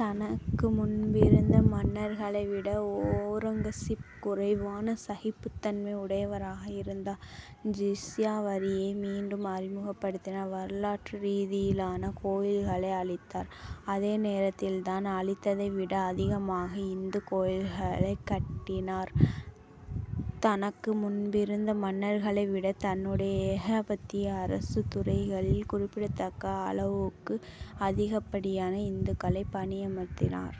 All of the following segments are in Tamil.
தனக்கு முன்பிருந்த மன்னர்களை விட ஔரங்கசீப் குறைவான சகிப்புத் தன்மை உடையவராக இருந்தார். ஜிஸ்யா வரியை மீண்டும் அறிமுகப்படுத்தினார். வரலாற்று ரீதியிலான கோயில்களை அழித்தார். அதே நேரத்தில், தான் அழித்ததை விட அதிகமான இந்துக் கோயில்களைக் கட்டினார். தனக்கு முன்பிருந்த மன்னர்களை விட தன்னுடைய ஏகாதிபத்திய அரசுத் துறைகளில் குறிப்பிடத்தக்க அளவுக்கு அதிகப்படியான இந்துக்களைப் பணியமர்த்தினார்.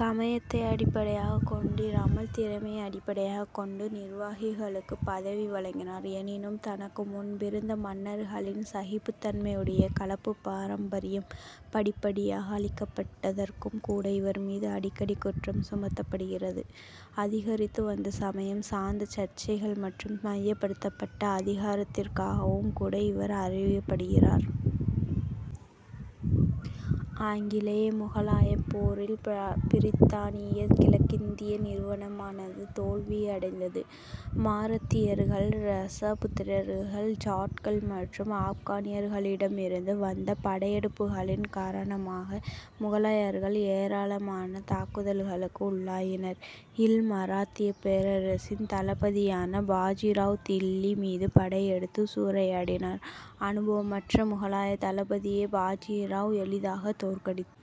சமயத்தை அடிப்படையாகக் கொண்டிராமல் திறமையை அடிப்படையாகக் கொண்டு நிர்வாகிகளுக்குப் பதவி வழங்கினார். எனினும், தனக்கு முன்பிருந்த மன்னர்களின் சகிப்புத் தன்மையுடைய கலப்புப் பாரம்பரியம் படிப்படியாக அழிக்கப்பட்டதற்கும் கூட இவர் மீது அடிக்கடி குற்றம் சுமத்தப்படுகிறது. அதிகரித்து வந்த சமயம் சார்ந்த சர்ச்சைகள் மற்றும் மையப்படுத்தப்பட்ட அதிகாரத்திற்காகவும் கூட இவர் அறியப்படுகிறார். ஆங்கிலேய முகலாயப் போரில் பிரித்தானியக் கிழக்கிந்திய நிறுவனமானது தோல்வியை அடைந்தது. மாரத்தியர்கள் இராசபுத்திரர்கள் ஜாட்கள் மற்றும் ஆப்கானியர்களிடமிருந்து வந்த படையெடுப்புகளின் காரணமாக முகலாயர்கள் ஏராளமான தாக்குதல்களுக்கு உள்ளாயினர். இல் மராத்தியப் பேரரசின் தளபதியான பாஜிராவ் தில்லி மீது படையெடுத்துச் சூறையாடினார். அனுபவமற்ற முகலாயத் தளபதியை பாஜிராவ் எளிதாகத் தோற்கடித்தார்.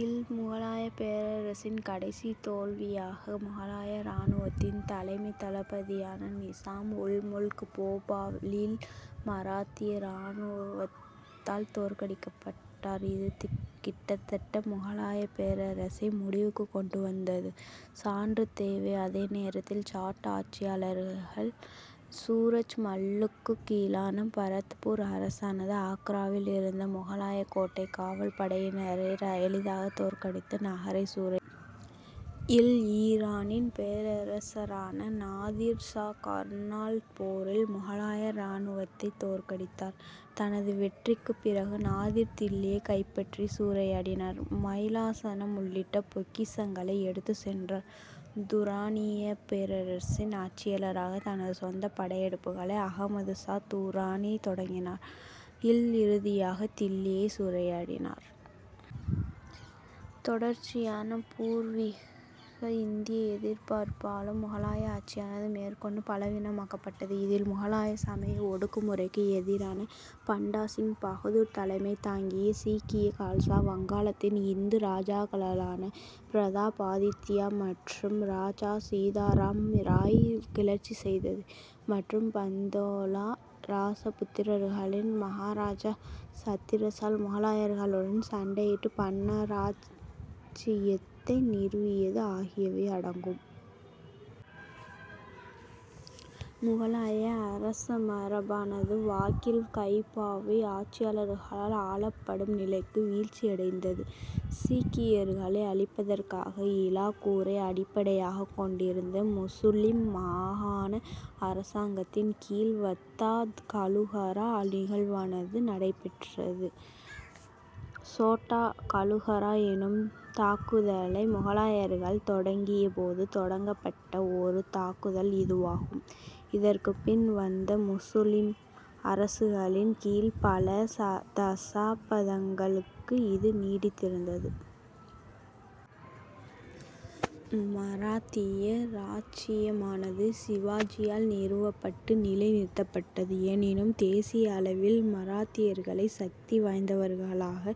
இல் முகலாயப் பேரரசின் கடைசித் தோல்வியாக முகலாய இராணுவத்தின் தலைமைத் தளபதியான நிசாம் உல் முல்க் போபாலில் மராத்திய இராணுவத்தால் தோற்கடிக்கப்பட்டார். இது கிட்டத்தட்ட முகலாயப் பேரரசை முடிவுக்குக் கொண்டு வந்தது. சான்று தேவை அதே நேரத்தில் ஜாட் ஆட்சியாளர் சூரஜ் மல்லுக்குக் கீழான பரத்பூர் அரசானது ஆக்ராவில் இருந்த முகலாயக் கோட்டைக் காவல் படையினரை எளிதாகத் தோற்கடித்து நகரைச் சூறையா. இல் ஈரானின் பேரரசரான நாதிர் ஷா கர்னால் போரில் முகலாய இராணுவத்தைத் தோற்கடித்தார். தனது வெற்றிக்குப் பிறகு நாதிர் தில்லியைக் கைப்பற்றிச் சூறையாடினார். மயிலாசனம் உள்ளிட்ட பொக்கிஷங்களை எடுத்துச் சென்றார். துராணியப் பேரரசின் ஆட்சியாளராக தனது சொந்தப் படையெடுப்புகளை அகமது ஷா துராணி தொடங்கினார். இல் இறுதியாக தில்லியைச் சூறையாடினார். தொடர்ச்சியான பூர்வீக இந்திய எதிர்ப்பாலும் முகலாய ஆட்சியானது மேற்கொண்டு பலவீனமாக்கப்பட்டது. இதில் முகலாய சமய ஒடுக்குமுறைக்கு எதிரான பண்டா சிங் பகதூர் தலைமை தாங்கிய சீக்கிய கால்சா வங்காளத்தின் இந்து இராஜாக்களான பிரதாபாதித்யா மற்றும் இராஜா சீதாராம் ராய் கிளர்ச்சி செய்தது, மற்றும் பந்தோலா இராசபுத்திரர்களின் மகாராஜா சத்திரசால் முகலாயர்களுடன் சண்டையிட்டு பன்னா இராச்சியத்தை நிறுவியது ஆகியவை அடங்கும். முகலாய அரசமரபானது வாக்கில் கைப்பாவை ஆட்சியாளர்களால் ஆளப்படும் நிலைக்கு வீழ்ச்சியடைந்தது. சீக்கியர்களை அழிப்பதற்காக இலாகூரை அடிப்படையாகக் கொண்டிருந்த முசுலிம் மாகாண அரசாங்கத்தின் கீழ் வத்தா கலுகரா நிகழ்வானது நடைபெற்றது. சோட்டா கலுகரா எனும் தாக்குதலை முகலாயர்கள் தொடங்கிய போது தொடங்கப்பட்ட ஒரு தாக்குதல் இதுவாகும். இதற்குப் பின் வந்த முசுலிம் அரசுகளின் கீழ் பல தசாப்தங்களுக்கு இது நீடித்திருந்தது. மராத்திய இராச்சியமானது சிவாஜியால் நிறுவப்பட்டு, நிலை நிறுத்தப்பட்டது. எனினும், தேசிய அளவில் மராத்தியர்களை சக்தி வாய்ந்தவர்களாக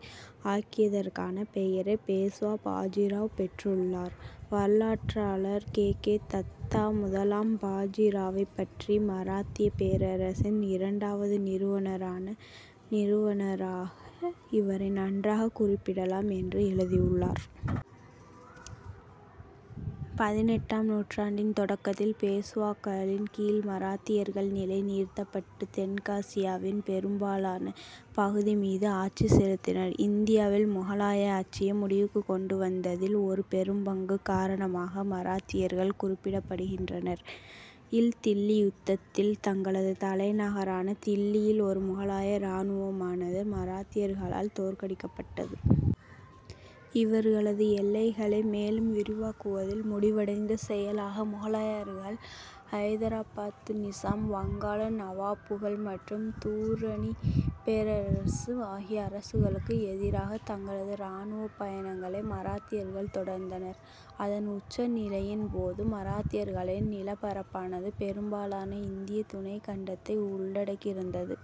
ஆக்கியதற்கான பெயரை பேஷ்வா பாஜிராவ் பெற்றுள்ளார். வரலாற்றாளர் கே. கே. தத்தா முதலாம் பாஜிராவைப் பற்றி மராத்தியப் பேரரசின் இரண்டாவது நிறுவனராக இவரை நன்றாகக் குறிப்பிடலாம் என்று எழுதியுள்ளார். பதினெட்டாம் நூற்றாண்டின் தொடக்கத்தில் பேஷ்வாக்களின் கீழ் மராத்தியர்கள் நிலை நிறுத்தப்பட்டு, தெற்காசியாவின் பெரும்பாலான பகுதி மீது ஆட்சி செலுத்தினர். இந்தியாவில் முகலாய ஆட்சியை முடிவுக்குக் கொண்டு வந்ததில் ஒரு பெரும் பங்கு காரணமாக மராத்தியர்கள் குறிப்பிடப்படுகின்றனர். இல் தில்லி யுத்தத்தில் தங்களது தலைநகரான தில்லியில் ஒரு முகலாய இராணுவமானது மராத்தியர்களால் தோற்கடிக்கப்பட்டது. இவர்களது எல்லைகளை மேலும் விரிவாக்குவதில் முடிவடைந்த செயலாக முகலாயர்கள், ஐதராபாத் நிசாம், வங்காள நவாபுகள் மற்றும் தூரணிப் பேரரசு ஆகிய அரசுகளுக்கு எதிராகத் தங்களது இராணுவப் பயணங்களை மராத்தியர்கள் தொடர்ந்தனர். அதன் உச்ச நிலையின் போது மராத்தியர்களின் நிலப்பரப்பானது பெரும்பாலான இந்தியத் துணைக்கண்டத்தை உள்ளடக்கியிருந்தது.